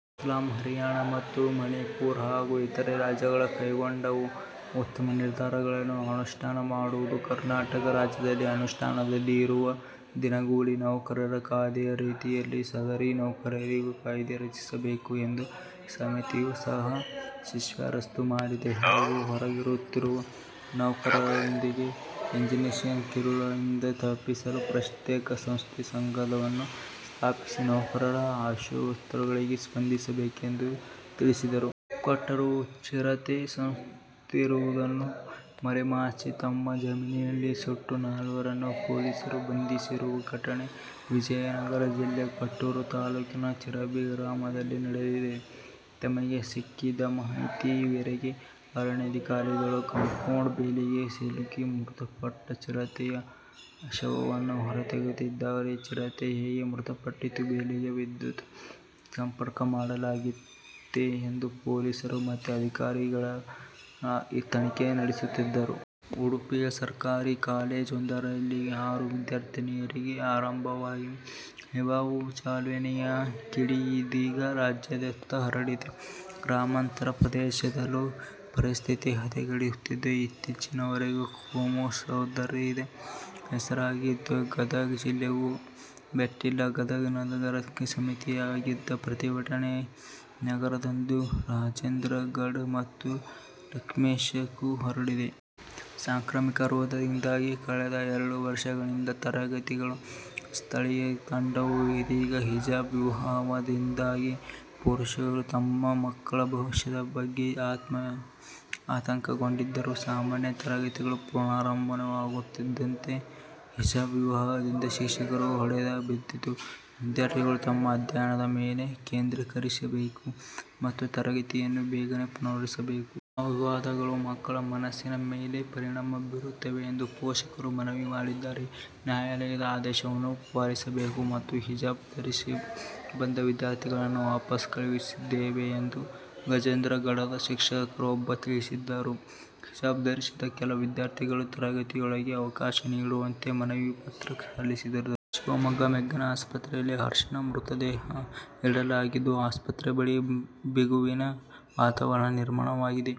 ಅಸ್ಸಾಂ, ಹರಿಯಾಣ ಮತ್ತು ಮಣಿಪುರ ಹಾಗೂ ಇತರೆ ರಾಜ್ಯಗಳು ಕೈಗೊಂಡ ಉತ್ತಮ ನಿರ್ಧಾರಗಳನ್ನು ಅನುಷ್ಠಾನ ಮಾಡುವುದು ಕರ್ನಾಟಕ ರಾಜ್ಯದಲ್ಲಿ ಅನುಷ್ಠಾನದಲ್ಲಿ ಇರುವ ದಿನಗೂಲಿ ನೌಕರರ ಕಾಯ್ದೆಯ ರೀತಿಯಲ್ಲಿ ಸದರಿ ನೌಕರರಿಗೂ ಕಾಯ್ದೆ ರಚಿಸಬೇಕು ಎಂದು ಸಮಿತಿಯು ಸಹ ಶಿಫಾರಸ್ಸು ಮಾಡಿದೆ ಹಾಗೂ ಹೊರಗುತ್ತಿಗೆ ನೌಕರರಿಗೆ ಏಜೆನ್ಸಿಗಳ ಕಿರುಕುಳದಿಂದ ತಪ್ಪಿಸಲು ಪ್ರತ್ಯೇಕ ಸಂಸ್ಥೆ / ಸಂಘವನ್ನು ಸ್ಥಾಪಿಸಿ ನೌಕರರ ಆಶೋತ್ತರಗಳಿಗೆ ಸ್ಪಂದಿಸಬೇಕೆಂದು ಎಂದು ತಿಳಿಸಿದರು. ಕೊಟ್ಟೂರು: ಚಿರತೆ ಸತ್ತಿರುವುದನ್ನು ಮರೆಮಾಚಿ ತಮ್ಮ ಜಮೀನಿನಲ್ಲಿ ಸುಟ್ಟ ನಾಲ್ವರನ್ನು ಪೊಲೀಸರು ಬಂಧಿಸಿರುವ ಘಟನೆ ವಿಜಯನಗರ ಜಿಲ್ಲೆಯ ಕೊಟ್ಟೂರು ತಾಲ್ಲೂಕಿನ ಚಿರಬಿ ಗ್ರಾಮದಲ್ಲಿ ನಡೆದಿದೆ. ತಮಗೆ ಸಿಕ್ಕಿದ ಮಾಹಿತಿ ಮೇರೆಗೆ ಅರಣ್ಯಾಧಿಕಾರಿಗಳು ಕಂಪೌಂಡ್ ಬೇಲಿಗೆ ಸಿಲುಕಿ ಮೃತಪಟ್ಟ ಚಿರತೆಯ ಶವವನ್ನು ಹೊರತೆಗೆದಿದ್ದಾರೆ. ಚಿರತೆ ಹೇಗೆ ಮೃತಪಟ್ಟಿತು, ಬೇಲಿಗೆ ವಿದ್ಯುತ್ ಸಂಪರ್ಕ ಮಾಡಲಾಗಿತ್ತೇ ಎಂದು ಪೊಲೀಸರು ಮತ್ತು ಅರಣ್ಯಾಧಿಕಾರಿಗಳು ತನಿಖೆ ನಡೆಸುತ್ತಿದ್ದಾರೆ. ಉಡುಪಿಯ ಸರ್ಕಾರಿ ಕಾಲೇಜ್ ವೊಂದರಲ್ಲಿ ಆರು ವಿದ್ಯಾರ್ಥಿನಿಯರಿಂದ ಆರಂಭವಾದ ಹಿಜಾಬ್ ಜ್ವಾಲೆಯ ಕಿಡಿ ಇದೀಗ ರಾಜ್ಯಾದ್ಯಂತ ಹರಡಿದೆ. ಗ್ರಾಮಾಂತರ ಪ್ರದೇಶದಲ್ಲೂ ಪರಿಸ್ಥಿತಿ ಹದಗೆಡುತ್ತಿದೆ. ಇತ್ತೀಚಿನವರೆಗೂ ಕೋಮು ಸೌಹಾರ್ದತೆಗೆ ಹೆಸರಾಗಿದ್ದ ಗದಗ ಜಿಲ್ಲೆಗೂ ಬಿಟ್ಟಿಲ್ಲ. ಗದಗ ನಗರಕ್ಕೆ ಸೀಮಿತವಾಗಿದ್ದ ಪ್ರತಿಭಟನೆ ನರಗುಂದ, ಗಜೇಂದ್ರಗಡ ಮತ್ತು ಲಕ್ಷ್ಮೇಶ್ವರಕ್ಕೂ ಹರಡಿದೆ. ಸಾಂಕ್ರಾಮಿಕ ರೋಗದಿಂದಾಗಿ ಕಳೆದ ಎರಡು ವರ್ಷಗಳಿಂದ ತರಗತಿಗಳು ಸ್ಥಗಿತಗೊಂಡವು. ಇದೀಗ ಹಿಜಾಬ್ ವಿವಾದದಿಂದಾಗಿ ಪೋಷಕರು ತಮ್ಮ ಮಕ್ಕಳ ಭವಿಷ್ಯದ ಬಗ್ಗೆ ಆತಂಕಗೊಂಡಿದ್ದಾರೆ. ಸಾಮಾನ್ಯ ತರಗತಿಗಳು ಪುನರಾರಂಭವಾಗುತ್ತಿದ್ದಂತೆ, ಹಿಜಾಬ್ ವಿವಾದದಿಂದ ಶಿಕ್ಷಣಕ್ಕೆ ಹೊಡೆತ ಬಿದ್ದಿತು. ವಿದ್ಯಾರ್ಥಿಗಳು ತಮ್ಮ ಅಧ್ಯಯನದ ಮೇಲೆ ಕೇಂದ್ರೀಕರಿಸಬೇಕು ಮತ್ತು ತರಗತಿಗಳನ್ನು ಬೇಗನೆ ಪುನರಾರಂಭಿಸಬೇಕು. ಇಂತಹ ವಿವಾದಗಳು ಮಕ್ಕಳ ಮನಸ್ಸಿನ ಮೇಲೆ ಪರಿಣಾಮ ಬೀರುತ್ತವೆ ಎಂದು ಪೋಷಕರು ಮನವಿ ಮಾಡಿದ್ದಾರೆ. ನ್ಯಾಯಾಲಯದ ಆದೇಶವನ್ನು ಪಾಲಿಸಬೇಕು ಮತ್ತು ಹಿಜಾಬ್ ಧರಿಸಿ ಬಂದ ವಿದ್ಯಾರ್ಥಿಗಳನ್ನು ವಾಪಸ್ ಕಳುಹಿಸಿದ್ದೇವೆ ಎಂದು ಗಜೇಂದ್ರಗಡದ ಶಿಕ್ಷಕರೊಬ್ಬರು ತಿಳಿಸಿದರು. ಹಿಜಾಬ್ ಧರಿಸಿದ ಕೆಲ ವಿದ್ಯಾರ್ಥಿಗಳು ತರಗತಿಯೊಳಗೆ ಅವಕಾಶ ನೀಡುವಂತೆ ಮನವಿ ಪತ್ರ ಸಲ್ಲಿಸಿದರು. ಶಿವಮೊಗ್ಗದ ಮೆಗ್ಗಾನ್ ಆಸ್ಪತ್ರೆಯಲ್ಲಿ ಹರ್ಷನ ಮೃತದೇಹ ಇಡಲಾಗಿದ್ದು ಆಸ್ಪತ್ರೆ ಬಳಿ ಬಿಗುವಿನ ವಾತಾವರಣ ನಿರ್ಮಾಣವಾಗಿದೆ.